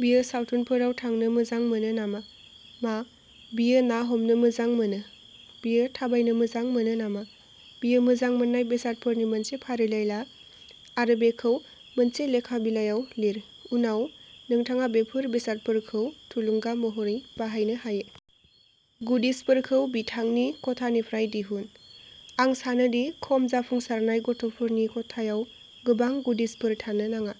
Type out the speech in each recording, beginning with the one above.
बियो सावथुनफोराव थांनो मोजां मोनो नामा? मा बियो ना हमनो मोजां मोनो? बियो थाबायनो मोजां मोनो नामा? बियो मोजां मोननाय बेसादफोरनि मोनसे फारिलाइ ला आरो बेखौ मोनसे लेखा बिलायाव लिर। उनाव, नोंथाङा बेफोर बेसादफोरखौ थुलुंगा महरै बाहायनो हायो। गुडिजफोरखौ बिथांनि खथानिफ्राय दिहुन। आं सानो दि खम जाफुंसारनाय गथ'फोरनि खथायाव गोबां गुडिजफोर थानो नाङा।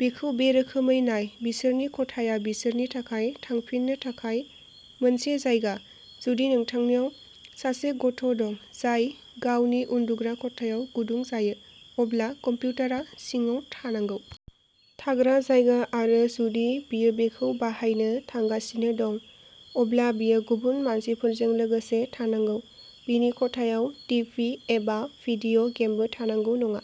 बेखौ बे रोखोमै नाय बिसोरनि खथाया बिसोरनि थाखाय थांफिननो थाखाय मोनसे जायगा। जुदि नोंथांनाव सासे गथ' दं जाय गावनि उन्दुग्रा खथायाव गुदुं जायो, अब्ला कम्पिउटारआ सिङाव थानांगौ। थाग्रा जायगा आरो जुदि बियो बेखौ बाहायनो थांगासिनो दं, अब्ला बियो गुबुन मानसिफोरजों लोगोसे थानांगौ। बिनि खथायाव टिभि एबा भिडिय' गेमबो थानांगौ नङा,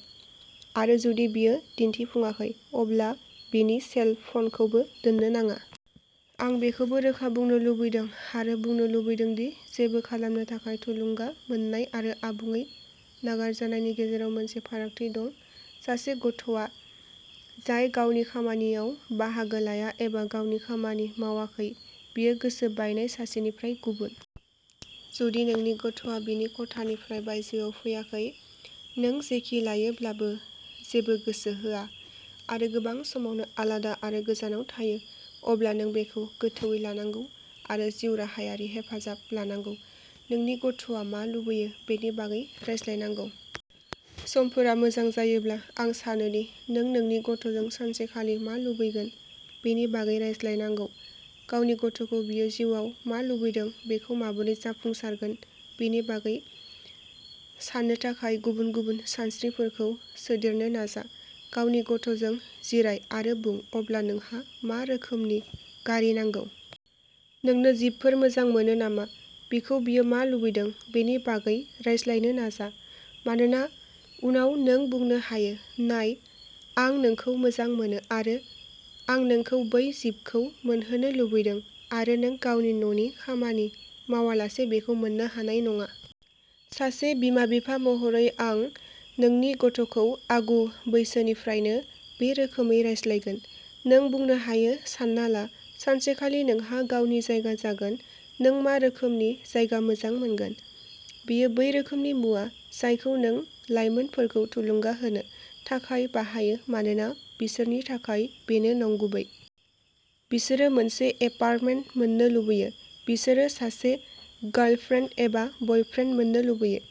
आरो जुदि बियो दिन्थिफुङाखै, अब्ला बिनि सेल फनखौबो दोननो नाङा। आं बेखौबो रोखा बुंनो लुबैदों आरो बुंनो लुबैदों दि जेबो खालामनो थाखाय थुलुंगा मोन्नाय आरो आबुङै नागारजानायनि गेजेराव मोनसे फारागथि दं। सासे गथ'आ जाय गावनि खामानियाव बाहागो लाया एबा गावनि खामानि मावाखै, बियो गोसो बायनाय सासेनिफ्राय गुबुन। जुदि नोंनि गथ'आ बिनि खथानिफ्राय बायजोआव फैयाखै, नों जेखि लायोब्लाबो जेबो गोसो होआ, आरो गोबां समावनो आलादा आरो गोजानाव थायो, अब्ला नों बेखौ गोथौवै लानांगौ आरो जिउ राहायारि हेफाजाब लानांगौ। नोंनि गथ'आ मा लुबैयो बेनि बागै रायज्लायनांगौ। समफोरा मोजां जायोब्ला, आं सानो दि नों नोंनि गथ'जों सानसेखालि मा लुबैगोन बेनि बागै रायज्लायनांगौ। गावनि गथ'खौ बियो जिउआव मा लुबैदों बेखौ माबोरै जाफुंसारगोन बेनि बागै साननो थाखाय गुबुन-गुबुन सानस्रिफोरखौ सोदेरनो नाजा। गावनि गथ'जों जिराय आरो बुं अब्ला नोंहा मा रोखोमनि गारि नांगौ? नोंनो जिपफोर मोजां मोनो नामा? बिखौ बियो मा लुबैदों बेनि बागै रायज्लायनो नाजा। मानोना उनाव नों बुंनो हायो, नाय, आं नोंखौ मोजां मोनो आरो आं नोंखौ बै जिपखौ मोनहोनो लुबैदों आरो नों गावनि न'नि खामानि मावालासे बेखौ मोन्नो हानाय नङा। सासे बिमा-बिफा महरै, आं नोंनि गथ'खौ आगु-बैसोनिफ्रायनो बे रोखोमै रायज्लायगोन। नों बुंनो हायो, सानना ला, सानसेखालि नोंहा गावनि जायगा जागोन। नों मा रोखोमनि जायगा मोजां मोनगोन? बेयो बै रोखोमनि मुवा जायखौ नों लायमोनफोरखौ थुलुंगा होनो थाखाय बाहायो मानोना बिसोरनि थाखाय बेनो नंगुबै। बिसोरो मोनसे एपार्टमेन्ट मोन्नो लुबैयो, बिसोरो सासे गार्लफ्रेन्ड एबा बयफ्रेन्ड मोन्नो लुबैयो।